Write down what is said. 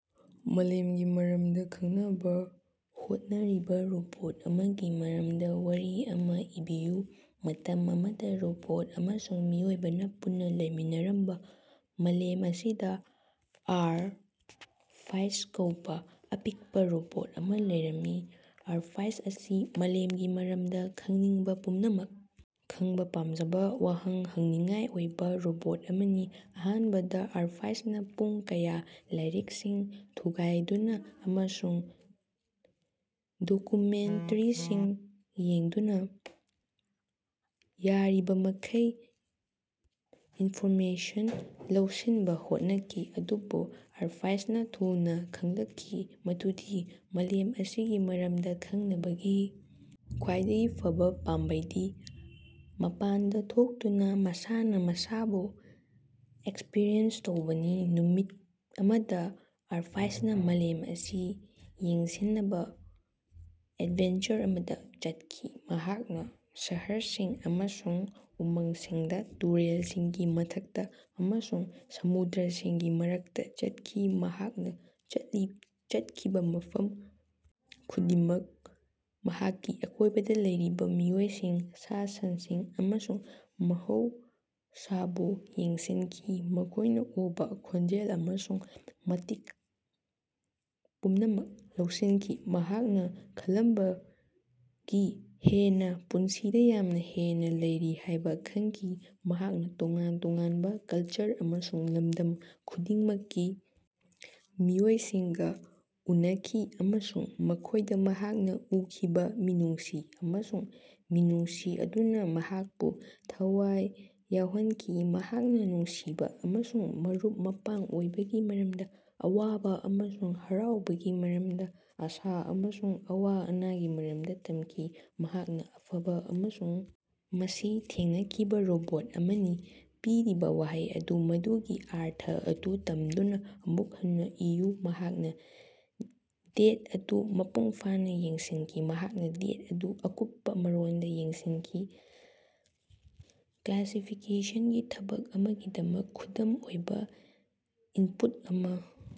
ꯃꯥꯂꯦꯝꯒꯤ ꯃꯔꯝꯗ ꯈꯪꯅꯕ ꯍꯣꯠꯅꯔꯤꯕ ꯔꯣꯕꯣꯠ ꯑꯃꯒꯤ ꯃꯔꯝꯗ ꯋꯥꯔꯤ ꯑꯃ ꯏꯕꯤꯌꯨ꯫ ꯃꯇꯝ ꯑꯃꯗ ꯔꯣꯕꯣꯠ ꯑꯃꯁꯨꯡ ꯃꯤꯑꯣꯏꯕꯅ ꯄꯨꯟꯅ ꯂꯩꯃꯤꯟꯅꯔꯝꯕ ꯃꯥꯂꯦꯝ ꯑꯁꯤꯗ ꯑꯥꯔ ꯐꯥꯏꯞ ꯀꯧꯕ ꯑꯄꯤꯛꯄ ꯔꯣꯕꯣꯠ ꯑꯃ ꯂꯩꯔꯝꯃꯤ꯫ ꯑꯥꯔ ꯐꯥꯏꯞ ꯑꯁꯤ ꯃꯥꯂꯦꯝꯒꯤ ꯃꯔꯝꯗ ꯈꯪꯅꯤꯡꯕ ꯄꯨꯝꯅꯃꯛ ꯈꯪꯕ ꯄꯥꯝꯖꯕ ꯋꯥꯍꯪ ꯍꯪꯅꯤꯡꯉꯥꯏ ꯑꯣꯏꯕ ꯔꯣꯕꯣꯠ ꯑꯃꯅꯤ꯫ ꯑꯍꯥꯟꯕꯗ ꯑꯥꯔ ꯐꯥꯏꯞ ꯅ ꯄꯨꯡ ꯀꯌꯥ ꯂꯥꯏꯔꯤꯛꯁꯤꯡ ꯊꯨꯒꯥꯏꯗꯨꯅ ꯑꯃꯁꯨꯡ ꯗꯣꯀꯨꯃꯦꯟꯇꯔꯤꯁꯤꯡ ꯌꯦꯡꯗꯨꯅ ꯌꯥꯔꯤꯕꯃꯈꯩ ꯏꯟꯐꯣꯔꯃꯦꯁꯟ ꯂꯧꯁꯤꯟꯅꯕ ꯍꯣꯠꯅꯈꯤ꯫ ꯑꯗꯨꯕꯨ ꯑꯥꯔ ꯐꯥꯏꯞ ꯅ ꯊꯨꯅ ꯈꯪꯂꯛꯈꯤ ꯃꯗꯨꯗꯤ ꯃꯥꯂꯦꯝ ꯑꯁꯤꯒꯤ ꯃꯔꯝꯗ ꯈꯪꯅꯕꯒꯤ ꯈ꯭ꯋꯥꯏꯗꯒꯤ ꯐꯕ ꯄꯥꯝꯕꯩꯗꯤ ꯃꯄꯥꯟꯗ ꯊꯣꯛꯇꯨꯅ ꯃꯁꯥꯅ ꯃꯁꯥꯕꯨ ꯑꯦꯛꯁꯄꯔꯤꯃꯦꯟ ꯇꯧꯕꯅꯤ꯫ ꯅꯨꯃꯤꯠ ꯑꯃꯗ ꯑꯥꯔ ꯐꯥꯏꯞ ꯅ ꯃꯥꯂꯦꯝ ꯑꯁꯤ ꯌꯦꯡꯁꯤꯟꯅꯕ ꯑꯦꯠꯚꯦꯟꯆꯔ ꯑꯃꯗ ꯆꯠꯈꯤ꯫ ꯃꯍꯥꯛꯅ ꯁꯍꯔꯁꯤꯡ ꯑꯃꯁꯨꯡ ꯎꯃꯪꯁꯤꯡꯗ ꯇꯨꯔꯦꯜꯁꯤꯡꯒꯤ ꯃꯊꯛꯇ ꯑꯃꯁꯨꯡ ꯁꯃꯨꯗ꯭ꯔꯥꯁꯤꯡꯒꯤ ꯃꯔꯛꯇ ꯆꯠꯈꯤ꯫ ꯃꯍꯥꯛꯅ ꯆꯠꯈꯤꯕ ꯃꯐꯝ ꯈꯨꯗꯤꯡꯗ ꯃꯍꯥꯛꯀꯤ ꯑꯀꯣꯏꯕꯗ ꯂꯩꯔꯤꯕ ꯃꯤꯑꯣꯏꯁꯤꯡ ꯁꯥ ꯁꯟꯁꯤꯡ ꯑꯃꯁꯨꯡ ꯃꯍꯧꯁꯥꯕꯨ ꯌꯦꯡꯁꯤꯟꯈꯤ ꯃꯈꯣꯏꯅ ꯎꯕ ꯈꯣꯟꯖꯦꯜ ꯑꯃꯁꯨꯡ ꯃꯍꯤꯛ ꯄꯨꯝꯅꯃꯛ ꯂꯧꯁꯤꯟꯈꯤ꯫ ꯃꯍꯥꯛꯅ ꯈꯜꯂꯝꯕꯗꯒꯤ ꯍꯦꯟꯅ ꯄꯨꯟꯁꯤꯗ ꯌꯥꯝꯅ ꯍꯦꯟꯅ ꯂꯩꯔꯤ ꯍꯥꯏꯕ ꯈꯪꯈꯤ꯫ ꯃꯍꯥꯛꯅ ꯇꯣꯉꯥꯟ ꯇꯣꯉꯥꯟꯕ ꯀꯜꯆꯔ ꯑꯃꯁꯨꯡ ꯂꯝꯗꯝ ꯈꯨꯗꯤꯡꯃꯛꯀꯤ ꯃꯤꯑꯣꯏꯁꯤꯡꯒ ꯎꯅꯈꯤ ꯑꯃꯁꯨꯡ ꯃꯈꯣꯏꯗ ꯃꯍꯥꯛꯅ ꯎꯈꯤꯕ ꯃꯤꯅꯨꯡꯁꯤ ꯑꯃꯁꯨꯡ ꯃꯤꯅꯨꯡꯁꯤ ꯑꯗꯨꯅ ꯃꯍꯥꯛꯄꯨ ꯊꯋꯥꯏ ꯌꯥꯎꯍꯟꯈꯤ꯫ ꯃꯍꯥꯛꯅ ꯅꯨꯡꯁꯤꯕ ꯑꯃꯁꯨꯡ ꯃꯔꯨꯞ ꯃꯄꯥꯡ ꯑꯣꯏꯕꯒꯤ ꯃꯔꯝꯗ ꯑꯋꯥꯕ ꯑꯃꯁꯨꯡ ꯍꯔꯥꯎꯕꯒꯤ ꯃꯔꯝꯗ ꯑꯥꯁꯥ ꯑꯃꯁꯨꯡ ꯑꯋꯥ ꯑꯅꯥꯒꯤ ꯃꯔꯝꯗ ꯇꯝꯈꯤ꯫ ꯃꯍꯥꯛꯅ ꯑꯐꯕ ꯑꯃꯁꯨꯡ ꯃꯁꯤ ꯊꯦꯡꯅꯈꯤꯕ ꯔꯣꯕꯣꯠ ꯑꯃꯅꯤ꯫ ꯄꯤꯔꯤꯕ ꯋꯥꯍꯩ ꯑꯗꯨ ꯃꯗꯨꯒꯤ ꯑꯔꯊ ꯑꯗꯨ ꯊꯝꯗꯨꯅ ꯑꯃꯨꯛ ꯍꯟꯅ ꯏꯌꯨ꯫ ꯃꯍꯥꯛꯅ ꯗꯦꯇ ꯑꯗꯨ ꯃꯄꯨꯡ ꯐꯥꯅ ꯌꯦꯡꯁꯤꯡꯈꯤ꯫ ꯃꯍꯥꯛꯅ ꯗꯦꯇ ꯑꯗꯨ ꯑꯀꯨꯞꯄ ꯃꯔꯣꯟꯗ ꯌꯦꯡꯁꯤꯟꯈꯤ꯫ ꯀꯂꯥꯁꯤꯐꯤꯀꯦꯁꯟꯒꯤ ꯊꯕꯛ ꯑꯃꯒꯤꯗꯃꯛ ꯈꯨꯗꯝ ꯑꯣꯏꯕ ꯏꯟꯄꯨꯠ ꯑꯃ